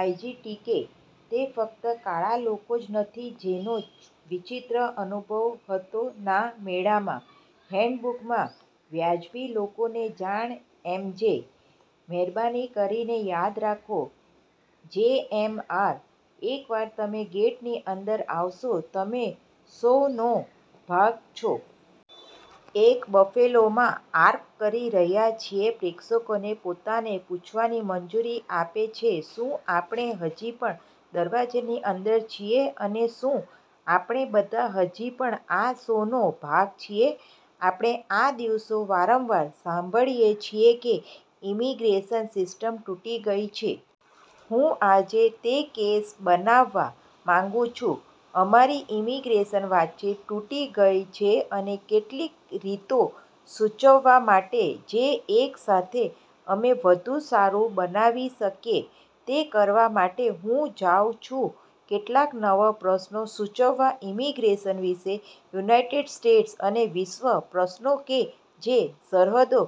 આયજીટીકે: તે ફક્ત કાળા લોકો જ નથી જેનો વિચિત્ર અનુભવ હતો ના મેળામાં. હેન્ડબુક માં વાજબી લોકોને જાણ એમજે: મહેરબાની કરીને યાદ રાખો. જેએમઆર: એકવાર તમે ગેટની અંદર આવશો, તમે શોનો ભાગ છો. એટ બફેલો માં આર્ક કરી રહ્યા છીએ પ્રેક્ષકોને પોતાને પૂછવાની મંજૂરી આપે છે, શું આપણે હજી પણ દરવાજાની અંદર છીએ અને શું આપણે બધા હજી પણ આ શોનો ભાગ છીએ? આપણે આ દિવસો વારંવાર સાંભળીએ છીએ કે ઇમિગ્રેશન સિસ્ટમ તૂટી ગઈ છે. હું આજે તે કેસ બનાવવા માંગું છું. અમારી ઇમિગ્રેશન વાતચીત તૂટી ગઈ છે અને કેટલીક રીતો સૂચવવા માટે, જે એક સાથે, અમે વધુ સારું બનાવી શકીએ. તે કરવા માટે, હું જાઉં છું કેટલાક નવા પ્રશ્નો સૂચવવા ઇમિગ્રેશન વિશે, યુનાઇટેડ સ્ટેટ્સ અને વિશ્વ, પ્રશ્નો કે જે સરહદો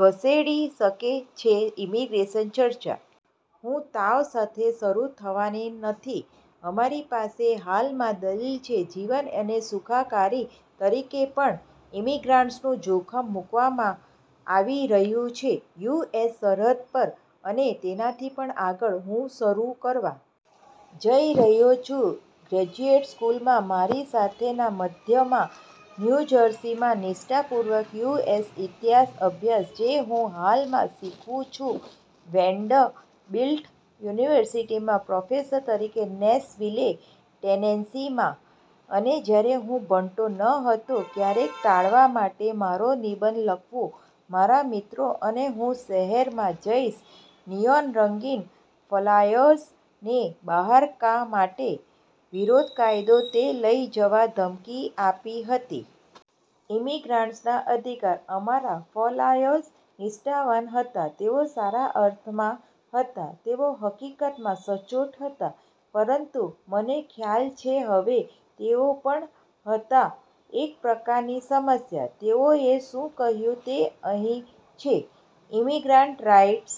ખસેડી શકે છે ઇમિગ્રેશન ચર્ચા. હું તાવ સાથે શરૂ થવાની નથી અમારી પાસે હાલમાં દલીલ છે, જીવન અને સુખાકારી તરીકે પણ ઇમિગ્રન્ટ્સનું જોખમ મુકવામાં આવી રહ્યું છે. યુ. એસ. સરહદ પર અને તેનાથી પણ આગળ. હું શરૂ કરવા જઇ રહ્યો છું ગ્રેજ્યુએટ સ્કૂલમાં મારી સાથે ના મધ્યમાં ન્યુ જર્સીમાં, નિષ્ઠાપૂર્વક યુએસ ઇતિહાસ અભ્યાસ, જે હું હાલમાં શીખવું છું, વેન્ડરબિલ્ટ યુનિવર્સિટીમાં પ્રોફેસર તરીકે નેશવિલે, ટેનેસીમાં અને જ્યારે હું ભણતો ન હતો, ક્યારેક ટાળવા માટે મારો નિબંધ લખવું, મારા મિત્રો અને હું શહેરમાં જઇશ નિયોન-રંગીન ફ્લાયર્સને બહાર કા માટે, વિરોધ કાયદો તે લઈ જવા ધમકી આપી હતી. ઇમિગ્રન્ટ્સના અધિકાર. અમારા ફ્લાયર્સ નિષ્ઠાવાન હતા, તેઓ સારા અર્થમાં હતા, તેઓ હકીકતમાં સચોટ હતા, પરંતુ મને ખ્યાલ છે હવે, તેઓ પણ હતા એક પ્રકારની સમસ્યા. તેઓએ શું કહ્યું તે અહીં છે: "ઇમિગ્રન્ટ રાઇટ્સ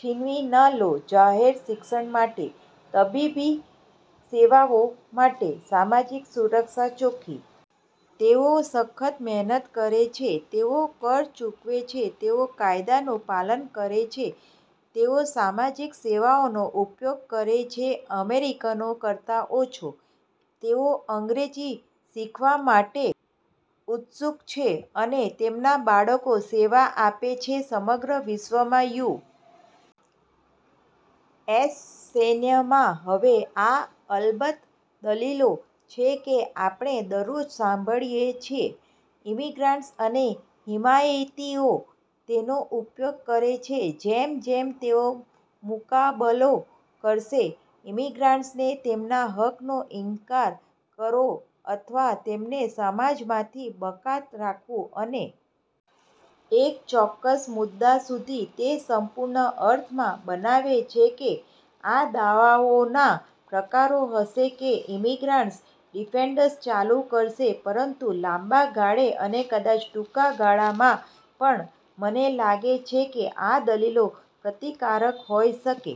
છીનવી ના લો જાહેર શિક્ષણ માટે, તબીબી સેવાઓ માટે, સામાજિક સુરક્ષા ચોખ્ખી. તેઓ સખત મહેનત કરે છે. તેઓ કર ચૂકવે છે. તેઓ કાયદાનું પાલન કરે છે. તેઓ સામાજિક સેવાઓનો ઉપયોગ કરે છે અમેરિકનો કરતા ઓછા. તેઓ અંગ્રેજી શીખવા માટે ઉત્સુક છે, અને તેમના બાળકો સેવા આપે છે સમગ્ર વિશ્વમાં યુ. એસ. સૈન્યમાં. હવે, આ, અલબત્ત, દલીલો છે કે આપણે દરરોજ સાંભળીએ છીએ. ઇમિગ્રન્ટ્સ અને હિમાયતીઓ તેનો ઉપયોગ કરે છે જેમ- જેમ તેઓ મુકાબલો કરશે ઇમિગ્રન્ટ્સને તેમના હકનો ઇનકાર કરો અથવા તેમને સમાજમાંથી બાકાત રાખવું. અને એક ચોક્કસ મુદ્દા સુધી, તે સંપૂર્ણ અર્થમાં બનાવે છે કે આ દાવાઓનાં પ્રકારો હશે કે ઇમિગ્રન્ટ્સ ડિફેન્ડર્સ ચાલુ કરશે, પરંતુ લાંબા ગાળે અને કદાચ ટૂંકા ગાળામાં પણ, મને લાગે છે કે આ દલીલો પ્રતિકારક હોઈ શકે.